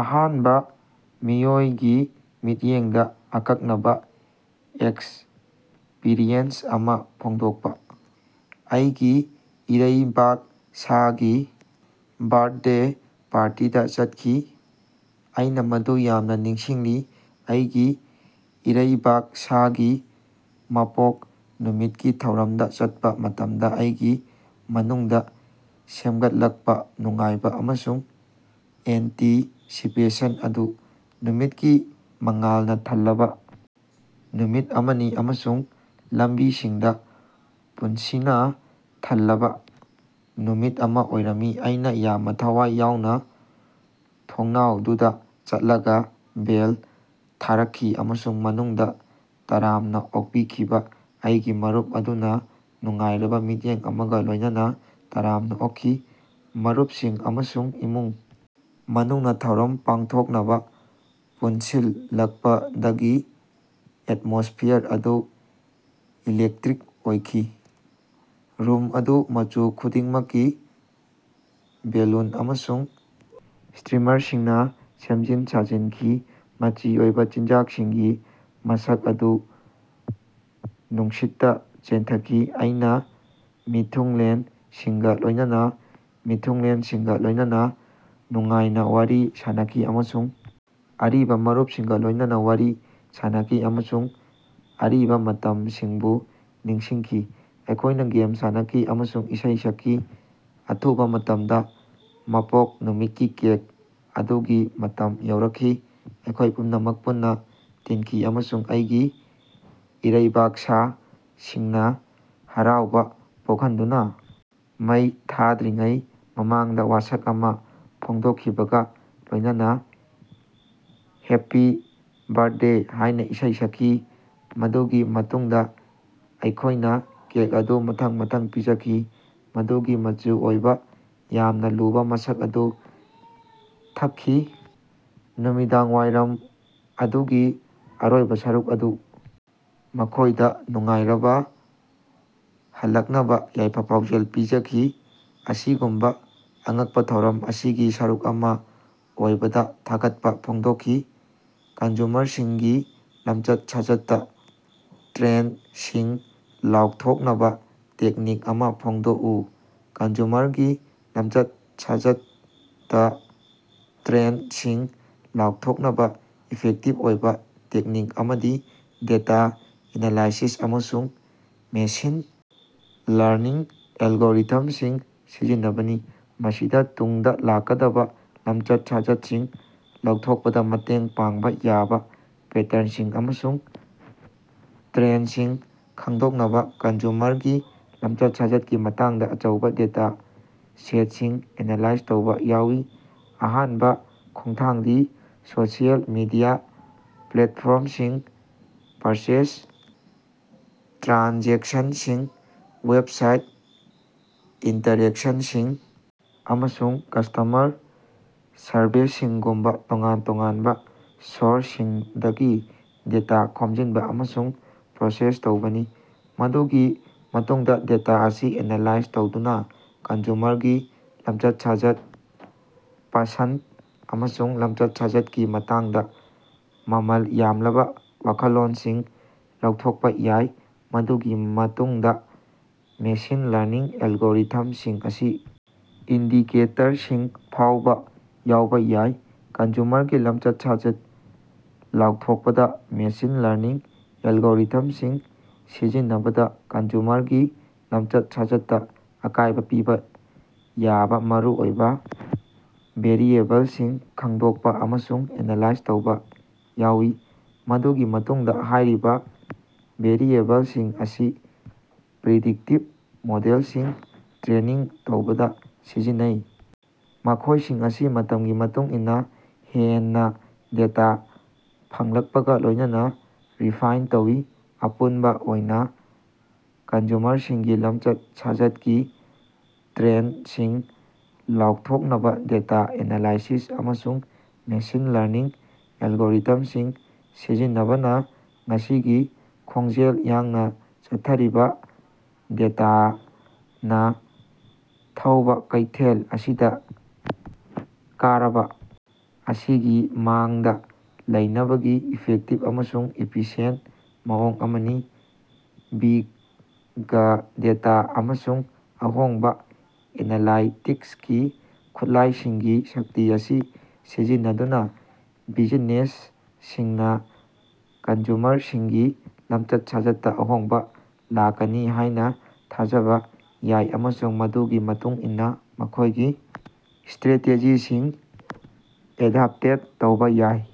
ꯑꯍꯥꯟꯕ ꯃꯤꯑꯣꯏꯒꯤ ꯃꯤꯠꯌꯦꯡꯗ ꯑꯀꯛꯅꯕ ꯑꯦꯛꯁꯄꯤꯔꯤꯌꯦꯟꯁ ꯑꯃ ꯐꯣꯡꯗꯣꯛꯄ꯫ ꯑꯩꯒꯤ ꯏꯔꯩꯕꯥꯛꯁꯥꯒꯤ ꯕ꯭ꯔꯥꯊꯗꯦ ꯄꯥꯔꯇꯤꯗ ꯆꯠꯈꯤ꯫ ꯑꯩꯅ ꯃꯗꯨ ꯌꯥꯝꯅ ꯅꯤꯡꯁꯤꯡꯂꯤ, ꯑꯩꯒꯤ ꯏꯔꯩꯕꯥꯛꯁꯥꯒꯤ ꯃꯄꯣꯛ ꯅꯨꯃꯤꯠꯀꯤ ꯊꯧꯔꯝꯗ ꯆꯠꯄ ꯃꯇꯝꯗ ꯑꯩꯒꯤ ꯃꯅꯨꯡꯗ ꯁꯦꯝꯒꯠꯂꯛꯄ ꯅꯨꯡꯉꯥꯏꯕ ꯑꯃꯁꯨꯡ ꯑꯦꯟꯇꯤꯁꯤꯄꯦꯁꯟ ꯑꯗꯨ꯫ ꯅꯨꯃꯤꯠꯀꯤ ꯃꯉꯥꯜꯅ ꯊꯜꯂꯕꯥ ꯅꯨꯃꯤꯠ ꯑꯃꯅꯤ ꯑꯃꯁꯨꯡ ꯂꯝꯕꯤꯁꯤꯡꯗ ꯄꯨꯟꯁꯤꯅ ꯊꯜꯂꯕꯥ ꯅꯨꯃꯤꯠ ꯑꯃ ꯑꯣꯏꯔꯝꯃꯤ꯫ ꯑꯩꯅ ꯌꯥꯝꯅ ꯊꯋꯥꯏ ꯌꯥꯎꯅ ꯊꯣꯡꯅꯥꯎꯗꯨꯗ ꯆꯠꯂꯒꯥ ꯕꯦꯜ ꯊꯥꯔꯛꯈꯤ ꯑꯃꯁꯨꯡ ꯃꯅꯨꯡꯗ ꯇꯔꯥꯝꯅ ꯑꯣꯛꯄꯤꯈꯤꯕ ꯑꯩꯒꯤ ꯃꯔꯨꯞ ꯑꯗꯨꯅ ꯅꯨꯡꯉꯥꯏꯔꯕꯥ ꯃꯤꯠꯌꯦꯡ ꯑꯃꯒ ꯂꯣꯏꯅꯅ ꯇꯔꯥꯝꯅ ꯑꯣꯛꯈꯤ꯫ ꯃꯔꯨꯞꯁꯤꯡ ꯑꯃꯁꯨꯡ ꯏꯃꯨꯡ ꯃꯅꯨꯡꯅ ꯊꯧꯔꯝ ꯄꯥꯡꯊꯣꯛꯅꯕ ꯄꯨꯟꯁꯤꯜꯂꯛꯄꯗꯒꯤ ꯑꯦꯠꯃꯣꯁ꯭ꯐꯤꯌꯥꯔ ꯑꯗꯨ ꯏꯂꯦꯛꯇꯔꯤꯛ ꯑꯣꯏꯈꯤ꯫ ꯔꯨꯝ ꯑꯗꯨ ꯃꯆꯨ ꯈꯨꯗꯤꯡꯃꯛꯀꯤ ꯕꯦꯂꯨꯟ ꯑꯃꯁꯨꯡ ꯁ꯭ꯇꯔꯤꯃꯔꯁꯤꯡꯅ ꯁꯦꯝꯖꯤꯟ ꯁꯥꯖꯤꯟꯈꯤ, ꯃꯆꯤ ꯑꯣꯏꯕ ꯆꯤꯟꯖꯥꯛꯁꯤꯡꯒꯤ ꯃꯁꯛ ꯑꯗꯨ ꯅꯨꯡꯁꯤꯠꯇ ꯆꯦꯟꯊꯈꯤ꯫ ꯑꯩꯅ ꯃꯤꯊꯨꯡꯂꯦꯟꯁꯤꯡꯒ ꯂꯣꯏꯅꯅ ꯃꯤꯊꯨꯡꯂꯦꯟꯁꯤꯡꯒ ꯂꯣꯏꯅꯅ ꯅꯨꯡꯉꯥꯏꯅ ꯋꯥꯔꯤ ꯁꯥꯅꯈꯤ ꯑꯃꯁꯨꯡ ꯑꯔꯤꯕ ꯃꯔꯨꯞꯁꯤꯡꯒ ꯂꯣꯏꯅꯅꯥ ꯋꯥꯔꯤ ꯁꯥꯅꯈꯤ ꯑꯃꯁꯨꯡ ꯑꯔꯤꯕ ꯃꯇꯝꯁꯤꯡꯕꯨ ꯅꯤꯡꯁꯤꯡꯈꯤ꯫ ꯑꯩꯈꯣꯏꯅ ꯒꯦꯝ ꯁꯥꯟꯅꯈꯤ ꯑꯃꯁꯨꯡ ꯏꯁꯩ ꯁꯛꯈꯤ, ꯑꯊꯨꯕ ꯃꯇꯝꯗ ꯃꯄꯣꯛ ꯅꯨꯃꯤꯠꯀꯤ ꯀꯦꯛ ꯑꯗꯨꯒꯤ ꯃꯇꯝ ꯌꯧꯔꯛꯈꯤ꯫ ꯑꯩꯈꯣꯏ ꯄꯨꯝꯅꯃꯛ ꯄꯨꯟꯅ ꯇꯤꯟꯈꯤ ꯑꯃꯁꯨꯡ ꯑꯩꯒꯤ ꯏꯔꯩꯕꯥꯛꯁꯥ ꯁꯤꯡꯅ ꯍꯔꯥꯎꯕ ꯄꯣꯛꯍꯟꯗꯨꯅ ꯃꯩ ꯊꯥꯗ꯭ꯔꯤꯉꯩ ꯃꯃꯥꯡꯗ ꯋꯥꯁꯛ ꯑꯃ ꯐꯣꯡꯗꯣꯛꯈꯤꯕꯒ ꯂꯣꯏꯅꯅꯥ ꯍꯦꯞꯄꯤ ꯕ꯭ꯔꯊꯗꯦ ꯍꯥꯏꯅ ꯏꯁꯩ ꯁꯛꯈꯤ꯫ ꯃꯗꯨꯒꯤ ꯃꯇꯨꯡꯗ ꯑꯩꯈꯣꯏꯅ ꯀꯦꯛ ꯑꯗꯨ ꯃꯊꯪ ꯃꯊꯪ ꯄꯤꯖꯈꯤ, ꯃꯗꯨꯒꯤ ꯃꯆꯨ ꯑꯣꯏꯕ, ꯌꯥꯝꯅ ꯂꯨꯕ ꯃꯁꯛ ꯑꯗꯨ ꯊꯛꯈꯤ꯫ ꯅꯨꯃꯤꯗꯥꯡꯋꯥꯏꯔꯝ ꯑꯗꯨꯒꯤ ꯑꯔꯣꯏꯕ ꯁꯔꯨꯛ ꯑꯗꯨ ꯃꯈꯣꯏꯗ ꯅꯨꯡꯉꯥꯏꯔꯕꯥ ꯍꯜꯂꯛꯅꯕ ꯌꯥꯏꯐ-ꯄꯥꯎꯖꯦꯜ ꯄꯤꯖꯈꯤ, ꯑꯁꯤꯒꯨꯝꯕꯥ ꯑꯉꯛꯄ ꯊꯧꯔꯝ ꯑꯁꯤꯒꯤ ꯁꯔꯨꯛ ꯑꯃ ꯑꯣꯏꯕꯗꯥ ꯊꯥꯒꯠꯄ ꯐꯣꯡꯗꯣꯛꯈꯤ꯫ ꯀꯟꯖꯨꯃꯔꯁꯤꯡꯒꯤ ꯂꯝꯆꯠ-ꯁꯥꯖꯠꯇ ꯇ꯭ꯔꯦꯟꯗꯁꯤꯡ ꯂꯥꯎꯊꯣꯛꯅꯕꯥ ꯇꯦꯛꯅꯤꯛ ꯑꯃ ꯐꯣꯡꯗꯣꯛꯎ꯫ ꯀꯟꯖꯨꯃꯔꯒꯤ ꯂꯝꯆꯠ-ꯁꯥꯖꯠꯇ ꯇ꯭ꯔꯦꯟꯗꯁꯤꯡ ꯂꯥꯎꯊꯣꯛꯅꯕꯥ ꯏꯐꯦꯛꯇꯤꯕ ꯑꯣꯏꯕ ꯇꯦꯛꯅꯤꯛ ꯑꯃꯗꯤ ꯗꯦꯇꯥ ꯑꯦꯅꯥꯂꯥꯏꯁꯤꯁ ꯑꯃꯁꯨꯡ ꯃꯦꯁꯤꯟ ꯂꯔꯅꯤꯡ ꯑꯦꯜꯒꯣꯔꯤꯊꯝꯁꯤꯡ ꯁꯤꯖꯤꯟꯅꯕꯅꯤ꯫ ꯃꯁꯤꯗ ꯇꯨꯡꯗ ꯂꯥꯛꯀꯗꯕꯥ ꯂꯝꯆꯠ-ꯁꯥꯖꯠꯁꯤꯡ ꯂꯧꯊꯣꯛꯄꯗ ꯃꯇꯦꯡ ꯄꯥꯡꯕ ꯌꯥꯕ ꯄꯦꯇꯔꯟꯁꯤꯡ ꯑꯃꯁꯨꯡ ꯇ꯭ꯔꯦꯟꯗꯁꯤꯡ ꯈꯪꯗꯣꯛꯅꯕ ꯀꯟꯖꯨꯃꯔꯒꯤ ꯂꯝꯆꯠ-ꯁꯥꯖꯠꯀꯤ ꯃꯇꯥꯡꯗ ꯑꯆꯧꯕ ꯗꯦꯇꯥ ꯁꯦꯠꯁꯤꯡ ꯑꯦꯅꯥꯂꯥꯏꯖ ꯇꯧꯕ ꯌꯥꯎꯏ꯫ ꯑꯍꯥꯟꯕ ꯈꯣꯡꯊꯥꯡꯗꯤ ꯁꯣꯁꯤꯑꯦꯜ ꯃꯤꯗꯤꯌꯥ ꯄ꯭ꯂꯦꯠꯐꯣꯔꯝꯁꯤꯡ, ꯄꯔꯆꯦꯖ ꯇ꯭ꯔꯥꯟꯖꯦꯛꯁꯟꯁꯤꯡ, ꯋꯦꯕꯁꯥꯏꯠ ꯏꯟꯇꯥꯔꯦꯛꯁꯟꯁꯤꯡ, ꯑꯃꯁꯨꯡ ꯀꯁ꯭ꯇꯃꯔ ꯁꯔꯚꯦꯁꯤꯡꯒꯨꯝꯕ ꯇꯣꯉꯥꯟ-ꯇꯣꯉꯥꯟꯕ ꯁꯣꯔꯁꯁꯤꯡꯗꯒꯤ ꯗꯦꯇꯥ ꯈꯣꯝꯖꯤꯟꯕ ꯑꯃꯁꯨꯡ ꯄ꯭ꯔꯣꯁꯦꯁ ꯇꯧꯕꯅꯤ꯫ ꯃꯗꯨꯒꯤ ꯃꯇꯨꯡꯗ ꯗꯦꯇꯥ ꯑꯁꯤ ꯑꯦꯅꯥꯂꯥꯏꯖ ꯇꯧꯗꯨꯅ ꯀꯟꯖꯨꯃꯔꯒꯤ ꯂꯝꯆꯠ-ꯁꯥꯖꯠ, ꯄꯁꯟꯗ ꯑꯃꯁꯨꯡ ꯂꯝꯆꯠ-ꯁꯥꯖꯠꯀꯤ ꯃꯇꯥꯡꯗ ꯃꯃꯜ ꯌꯥꯝꯂꯕ ꯋꯥꯈꯜꯂꯣꯟꯁꯤꯡ ꯂꯧꯊꯣꯛꯄ ꯌꯥꯏ꯫ ꯃꯗꯨꯒꯤ ꯃꯇꯨꯡꯗ ꯃꯦꯁꯤꯟ ꯂꯔꯅꯤꯡ ꯑꯦꯜꯒꯣꯔꯤꯊꯝꯁꯤꯡ ꯑꯁꯤ ꯏꯟꯗꯤꯀꯦꯇꯔꯁꯤꯡ ꯐꯥꯎꯕ ꯌꯥꯎꯕ ꯌꯥꯏ꯫ ꯀꯟꯖꯨꯃꯔꯒꯤ ꯂꯝꯆꯠ-ꯁꯥꯖꯠ ꯂꯥꯎꯊꯣꯛꯄꯗ ꯃꯦꯁꯤꯟ ꯂꯔꯅꯤꯡ ꯑꯦꯜꯒꯣꯔꯤꯊꯝꯁꯤꯡ ꯁꯤꯖꯤꯟꯅꯕꯗ ꯀꯟꯖꯨꯃꯔꯒꯤ ꯂꯝꯆꯠ-ꯁꯥꯖꯠꯇ ꯑꯀꯥꯏꯕ ꯄꯤꯕ ꯌꯥꯕ ꯃꯔꯨꯑꯣꯏꯕ ꯚꯦꯔꯤꯑꯦꯕꯜꯁꯤꯡ ꯈꯪꯗꯣꯛꯄ ꯑꯃꯁꯨꯡ ꯑꯦꯅꯥꯂꯥꯏꯖ ꯇꯧꯕ ꯌꯥꯎꯏ꯫ ꯃꯗꯨꯒꯤ ꯃꯇꯨꯡꯗ ꯍꯥꯏꯔꯤꯕ ꯚꯦꯔꯤꯑꯦꯕꯜꯁꯤꯡ ꯑꯁꯤ ꯄ꯭ꯔꯤꯗꯤꯛꯇꯤꯚ ꯃꯣꯗꯦꯜꯁꯤꯡ ꯇ꯭ꯔꯦꯅꯤꯡ ꯇꯧꯕꯗ ꯁꯤꯖꯤꯟꯅꯩ, ꯃꯈꯣꯏꯁꯤꯡ ꯑꯁꯤ ꯃꯇꯝꯒꯤ ꯃꯇꯨꯡ ꯏꯟꯅ ꯍꯦꯟꯅ ꯗꯦꯇꯥ ꯐꯪꯂꯛꯄꯒ ꯂꯣꯏꯅꯅ ꯔꯤꯐꯥꯏꯟ ꯇꯧꯏ꯫ ꯑꯄꯨꯟꯕ ꯑꯣꯏꯅ, ꯀꯟꯖꯨꯃꯔꯁꯤꯡꯒꯤ ꯂꯝꯆꯠ-ꯁꯥꯖꯠꯀꯤ ꯇ꯭ꯔꯦꯟꯗꯁꯤꯡ ꯂꯥꯎꯊꯣꯛꯅꯕꯥ ꯗꯦꯇꯥ ꯑꯦꯅꯥꯂꯥꯏꯁꯤꯁ ꯑꯃꯁꯨꯡ ꯃꯦꯁꯤꯟ ꯂꯔꯅꯤꯡ ꯑꯦꯜꯒꯣꯔꯤꯊꯃꯁꯤꯡ ꯁꯤꯖꯤꯟꯅꯕꯅꯥ ꯉꯁꯤꯒꯤ ꯈꯣꯡꯖꯦꯜ ꯌꯥꯡꯅ ꯆꯠꯊꯔꯤꯕ, ꯗꯦꯇꯥꯅ ꯊꯧꯕꯥ ꯀꯩꯊꯦꯜ ꯑꯁꯤꯗ ꯀꯔꯕ ꯑꯁꯤꯒꯤ ꯃꯥꯡꯗ ꯂꯩꯅꯕꯒꯤ ꯏꯐꯦꯛꯇꯤꯕ ꯑꯃꯁꯨꯡ ꯏꯐꯤꯁꯤꯌꯦꯟꯇ ꯃꯑꯣꯡ ꯑꯃꯅꯤ꯫ ꯕꯤꯒ ꯗꯦꯇꯥ ꯑꯃꯁꯨꯡ ꯑꯍꯣꯡꯕ ꯑꯦꯅꯥꯂꯥꯏꯇꯤꯛꯁꯀꯤ ꯈꯨꯠꯂꯥꯏꯁꯤꯡꯒꯤ ꯁꯛꯇꯤ ꯑꯁꯤ ꯁꯤꯖꯤꯟꯅꯗꯨꯅ ꯕꯤꯖꯤꯅꯦꯁꯁꯤꯡꯅ ꯀꯟꯖꯨꯃꯔꯁꯤꯡꯒꯤ ꯂꯝꯆꯠ-ꯁꯥꯖꯠꯇ ꯑꯍꯣꯡꯕ ꯂꯥꯛꯀꯅꯤ ꯍꯥꯏꯅ ꯊꯥꯖꯕ ꯌꯥꯏ ꯑꯃꯁꯨꯡ ꯃꯗꯨꯒꯤ ꯃꯇꯨꯡ ꯏꯟꯅ ꯃꯈꯣꯏꯒꯤ ꯁ꯭ꯊꯔꯦꯇꯦꯖꯤꯁꯤꯡ ꯑꯦꯗ꯭ꯞꯇꯦꯠ ꯇꯧꯕ ꯌꯥꯏ꯫